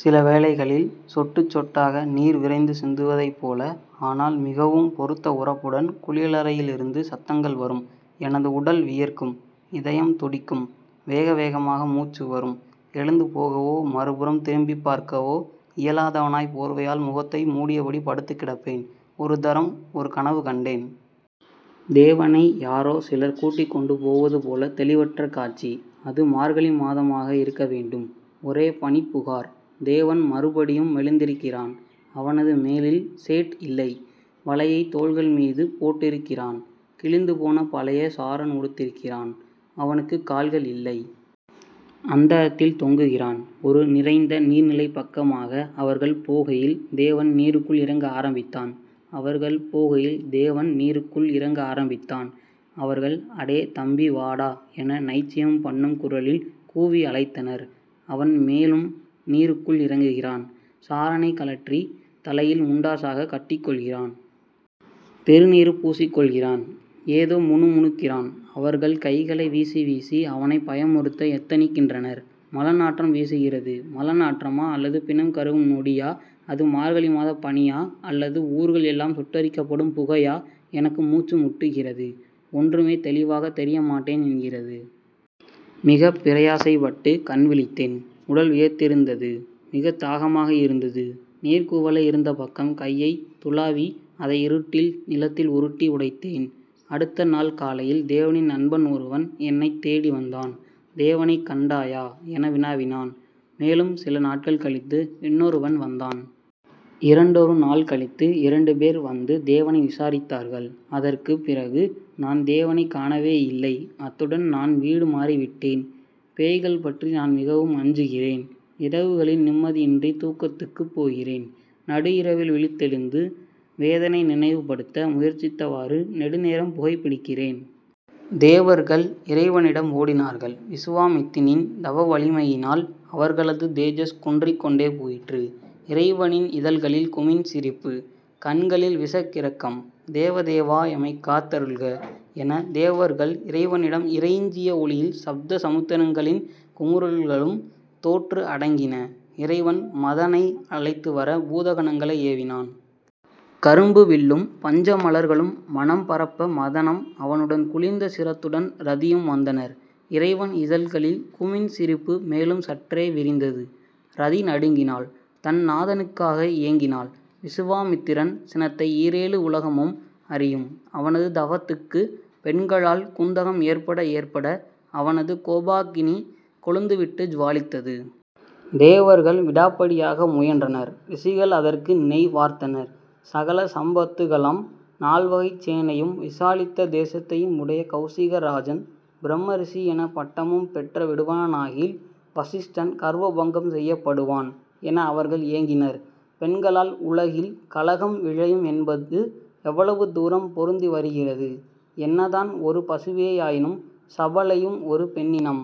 சிலவேளைகளில் சொட்டுச் சொட்டாக நீர் விரைந்து சிந்துவதைப்போல, ஆனால் மிகவும் பெருத்த உரப்புடன் குளியலறையிலிருந்து சத்தங்கள் வரும். எனதுடல் வியர்க்கும். இதயம் துடிக்கும். வேகவேகமாக மூச்சு வரும். எழுந்து போகவோ மறுபுறம் திரும்பிப் பார்க்கவோ இயலாதவனாய் போர்வையால் முகத்தை மூடியபடி படுத்துக்கிடப்பேன். ஒரு தரம், ஒரு கனவு கண்டேன். தேவனை யாரோ சிலர் கூட்டிக் கொண்டு போவது போல தெளிவற்ற காட்சி. அது மார்கழி மாதமாக இருக்க வேண்டும். ஒரே பனிப்புகார். தேவன் மறுபடியும் மெலிந்திருக்கிறான். அவனது மேலில் சேட்இல்லை. வலையை தோள்கள் மீது போட்டிருக்கிறான். கிழிந்துபோன பழைய சாரன் உடுத்திருக்கிறான். அவனுக்கு கால்கள் இல்லை. அந்தரத்தில் தொங்குகிறான். ஒரு நிறைந்த நீர்நிலைப்பக்கமாக அவர்கள் போகையில் தேவன் நீருக்குள் இறங்க ஆரம்பித்தான். அவர்கள் போகையில் தேவன் நீருக்குள் இறங்க ஆரம்பித்தான். அவர்கள் அடே தம்பி... வாடா.. என நைச்சியம் பண்ணும் குரலில் கூவி அழைத்தனர். அவன் மேலும் நீருக்குள் இறங்குகிறான். சாரனை கழற்றி தலையில் முண்டாசாக கட்டிக்கொள்கிறான். திருநீறு பூசிக்கொள்கிறான். ஏதோ முணுமுணுக்கிறான். அவர்கள் கைகளை வீசி வீசி அவனைப் பயமுறுத்த எத்தனிக்கின்றனர். மலநாற்றம் வீசுகிறது. மலநாற்றமா அல்லது பிணம் கருகும் நொடியா? அது மார்கழி மாதப்பனியா, அல்லது ஊர்கள் எல்லாம் சுட்டெரிக்கப்படும் புகையா? எனக்கு மூச்சு முட்டுகிறது. ஒன்றுமே தெளிவாகத் தெரியமாட்டேன் என்கிறது. மிகப் பிரயாசைப்பட்டு கண்விழித்தேன். உடல் வியர்த்திருந்தது. மிகத் தாகமாக இருந்தது. நீர்க்குவளை இருந்த பக்கம் கையை துளாவி அதை இருட்டில் நிலத்தில் உருட்டி உடைத்தேன். அடுத்த நாள் காலையில் தேவனின் நண்பன் ஒருவன் என்னைத் தேடிவந்தான். தேவனைக் கண்டாயா என வினாவினான். மேலும் சில நாட்கள் கழித்து இன்னொருவன் வந்தான். இரண்டொரு நாள் கழித்து இரண்டு பேர் வந்து தேவனை விசாரித்தார்கள். அதற்குப் பிறகு நான் தேவனைக் காணவேயில்லை அத்துடன் நான் வீடு மாறிவிட்டேன். பேய்கள் பற்றி நான் மிகவும் அஞ்சுகிறேன். இரவுகளில் நிம்மதியின்றி தூக்கத்துக்கு போகிறேன். நடுஇரவில் விழித்தெழுந்து வேதனை நினைவு படுத்த முயற்சித்தவாறு நெடுநேரம் புகைபிடிக்கிறேன். தேவர்கள் இறைவனிடம் ஓடினார்கள். விசுவாமித்தினின் தவவலிமையினால் அவர்களது தேஜஸ் குன்றிக் கொண்டே போயிற்று. இறைவனின் இதழ்களில் குமிண்சிரிப்பு. கண்களில் விஷக்கிறக்கம். தேவ தேவா.. எமைக் காத்தருள்க...என தேவர்கள் இறைவனிடம் இறைஞ்சிய ஒலியில் சப்த சமுத்திரங்களின் குமுறல்களும் தோற்று அடங்கின. இறைவன் மதனை அழைத்துவர பூதகனங்களை ஏவினான். கரும்பு வில்லும் பஞ்சமலர்களும் மணம் பரப்ப மதனம் அவனுடன் குளிந்த சிரத்துடன் ரதியும் வந்தனர். இறைவன் இதழ்களில் குமிண்சிரிப்பு மேலும் சற்றே விரிந்தது. ரதி நடுங்கினாள். தன் நாதனுக்காக ஏங்கினாள். விசுவாமித்திரன் சினத்தை ஈரேழு உலகமும் அறியும். அவனது தவத்துக்கு பெண்களால் குந்தகம் ஏற்பட ஏற்பட அவனது கோபாக்கினி கொழுந்துவிட்டு ஜ்வாலித்தது. தேவர்கள் விடாப்பிடியாக முயன்றனர். ரிஷிகள் அதற்கு நெய் வார்த்தனர். சகல சம்பத்துகளம் நால்வகைச் சேனையும் விசாலித்த தேசத்தையும் உடைய கெளசிகராஜன் பிரம்ம ரிஷி என பட்டமும் பெற்ற விடுவானாகில்.... வசிஷ்டன் கர்வபங்கம் செய்யப்படுவான் என அவர்கள் ஏங்கினர். பெண்களால் உலகில் கலகம் விளையும் என்பது எவ்வளவு தூரம் பொருந்தி வருகிறது. என்ன தான் ஒரு பசுவேயாயினும் சபலையும் ஒரு பெண்ணினம்